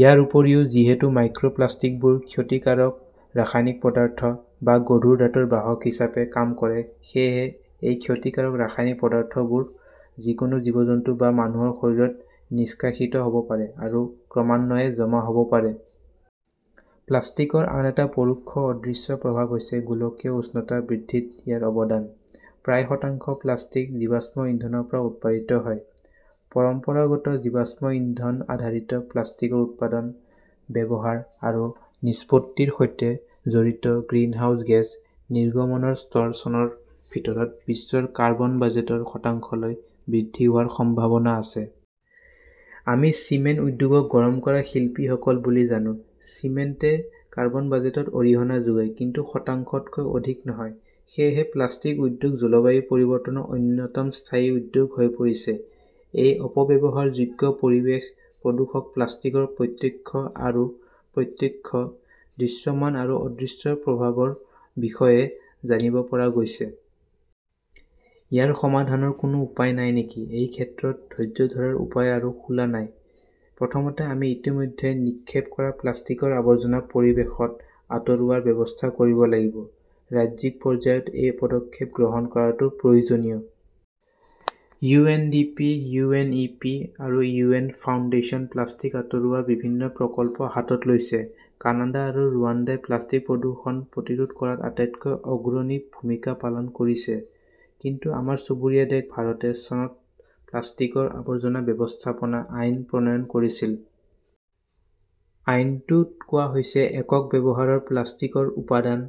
ইয়াৰ উপৰিও, যিহেতু মাইক্ৰ প্লাষ্টিকবোৰে ক্ষতিকাৰক ৰাসায়নিক পদাৰ্থ বা গধুৰ ধাতুৰ বাহক হিচাপে কাম কৰে, সেয়েহে এই ক্ষতিকাৰক ৰাসায়নিক পদাৰ্থবোৰ যিকোনো জীৱ-জন্তু বা মানুহৰ শৰীৰত নিষ্কাশিত হ' ব পাৰে আৰু ক্ৰমান্বয়ে জমা হ 'ব পাৰে। প্লাষ্টিকৰ আন এটা পৰোক্ষ অদৃশ্য প্ৰভাৱ হৈছে গোলকীয় উষ্ণতা বৃদ্ধিত ইয়াৰ অৱদান। প্ৰায় শতাংশ প্লাষ্টিক জীৱাশ্ম ইন্ধনৰ পৰা উৎপাদিত হয়। পৰম্পৰাগত জীৱাশ্ম ইন্ধন-আধাৰিত প্লাষ্টিকৰ উৎপাদন, ব্যৱহাৰ আৰু নিষ্পত্তিৰ সৈতে জড়িত গ্ৰিনহাউজ গেছ নিৰ্গমনৰ স্তৰ চনৰ ভিতৰত বিশ্বৰ কাৰ্বন বাজেটৰ শতাংশলৈ বৃদ্ধি হোৱাৰ সম্ভাৱনা আছে। আমি চিমেণ্ট উদ্যোগক গৰম কৰা শিল্পীসকল বুলি জানো। চিমেণ্টে কাৰ্বন বাজেটত অৰিহণা যোগায় কিন্তু শতাংশতকৈ অধিক নহয়। সেয়েহে প্লাষ্টিক উদ্যোগ জলবায়ু পৰিৱৰ্তনৰ অন্যতম স্থায়ী উদ্যোগ হৈ পৰিছে। এই অপব্যৱহাৰযোগ্য পৰিৱেশ প্ৰদূষক প্লাষ্টিকৰ প্ৰত্যক্ষ আৰু প্ৰত্যক্ষ, দৃশ্যমান আৰু অদৃশ্য প্ৰভাৱৰ বিষয়ে জানিব পৰা গৈছে। ইয়াৰ সমাধানৰ কোনো উপায় নাই নেকি এই ক্ষেত্ৰত ধৈৰ্য্য ধৰাৰ উপায় আৰু খোলা নাই। প্ৰথমতে, আমি ইতিমধ্যে নিক্ষেপ কৰা প্লাষ্টিকৰ আৱৰ্জনা পৰিৱেশত আঁতৰোৱাৰ ব্যৱস্থা কৰিব লাগিব। ৰাজ্যিক পৰ্যায়ত এই পদক্ষেপ গ্ৰহণ কৰাটো প্ৰয়োজনীয়। U. N. D. P., U. N. E. P. আৰু ইউ. এন. ফাউণ্ডেশ্যনে প্লাষ্টিক আঁতৰোৱাৰ বিভিন্ন প্ৰকল্প হাতত লৈছে। কানাডা আৰু ৰুৱাণ্ডাই প্লাষ্টিক প্ৰদূষণ প্ৰতিৰোধ কৰাত আটাইতকৈ অগ্ৰণী ভূমিকা পালন কৰিছে। কিন্তু আমাৰ চুবুৰীয়া দেশ ভাৰতে চনত প্লাষ্টিকৰ আৱৰ্জনা ব্যৱস্থাপনা আইন প্ৰণয়ন কৰিছিল। আইনটোত কোৱা হৈছে একক ব্যৱহাৰৰ প্লাষ্টিকৰ উৎপাদন,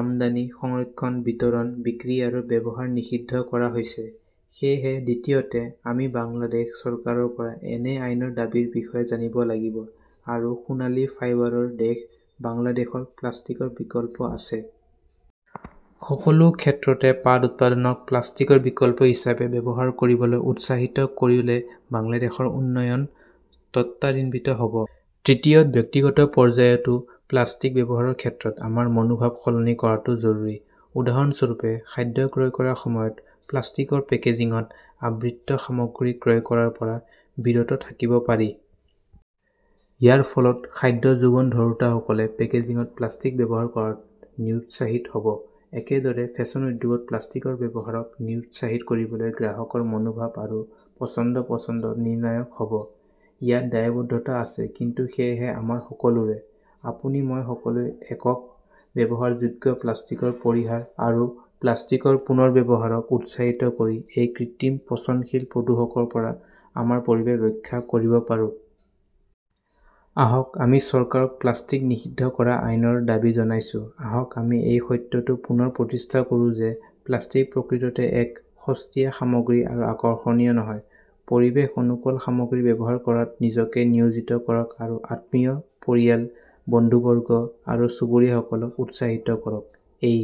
আমদানি, সংৰক্ষণ, বিতৰণ, বিক্ৰী আৰু ব্যৱহাৰ নিষিদ্ধ কৰা হৈছে। সেয়েহে দ্বিতীয়তে, আমি বাংলাদেশ চৰকাৰৰ পৰা এনে আইনৰ দাবীৰ বিষয়ে জানিব লাগিব। আৰু সোণালী ফাইবাৰৰ দেশ বাংলাদেশত প্লাষ্টিকৰ বিকল্প আছে। সকলো ক্ষেত্ৰতে পাট উৎপাদনক প্লাষ্টিকৰ বিকল্প হিচাপে ব্যৱহাৰ কৰিবলৈ উৎসাহিত কৰিলে বাংলাদেশৰ উন্নয়ন ত্বৰান্বিত হ’ব। তৃতীয়ত ব্যক্তিগত পৰ্যায়তো প্লাষ্টিক ব্যৱহাৰৰ ক্ষেত্ৰত আমাৰ মনোভাৱ সলনি কৰাটো জৰুৰী। উদাহৰণস্বৰূপে, খাদ্য ক্ৰয় কৰাৰ সময়ত প্লাষ্টিকৰ পেকেজিঙত আবৃত সামগ্ৰী ক্ৰয় কৰাৰ পৰা বিৰত থাকিব পাৰি। ইয়াৰ ফলত খাদ্য যোগান ধৰোঁতাসকলে পেকেজিঙত প্লাষ্টিক ব্যৱহাৰ কৰাত নিৰুৎসাহিত হ’ব। একেদৰে, ফেশ্বন উদ্যোগত প্লাষ্টিকৰ ব্যৱহাৰক নিৰুৎসাহিত কৰিবলৈ গ্ৰাহকৰ মনোভাৱ আৰু পছন্দ-পচন্দ নিৰ্ণায়ক হ 'ব। ইয়াত দায়বদ্ধতা আছে কিন্তু সেয়েহে আমাৰ সকলোৰে। আপুনি, মই সকলোৱে একক-ব্যৱহাৰযোগ্য প্লাষ্টিকৰ পৰিহাৰ আৰু প্লাষ্টিকৰ পুনৰ্ব্যৱহাৰক উৎসাহিত কৰি এই কৃত্ৰিম, পচনশীল প্ৰদূষকৰ পৰা আমাৰ পৰিৱেশ ৰক্ষা কৰিব পাৰোঁ। আহক, আমি চৰকাৰক প্লাষ্টিক নিষিদ্ধ কৰা আইনৰ দাবী জনাইছো। আহক আমি এই সত্যটো পুনৰ প্ৰতিষ্ঠা কৰো যে প্লাষ্টিক প্ৰকৃততে এক সস্তীয়া সামগ্ৰী আৰু আকৰ্ষণীয় নহয়। পৰিৱেশ-অনুকূল সামগ্ৰী ব্যৱহাৰ কৰাত নিজকে নিয়োজিত কৰক আৰু আত্মীয়, পৰিয়াল, বন্ধুবৰ্গ আৰু চুবুৰীয়াসকলক উৎসাহিত কৰক। এই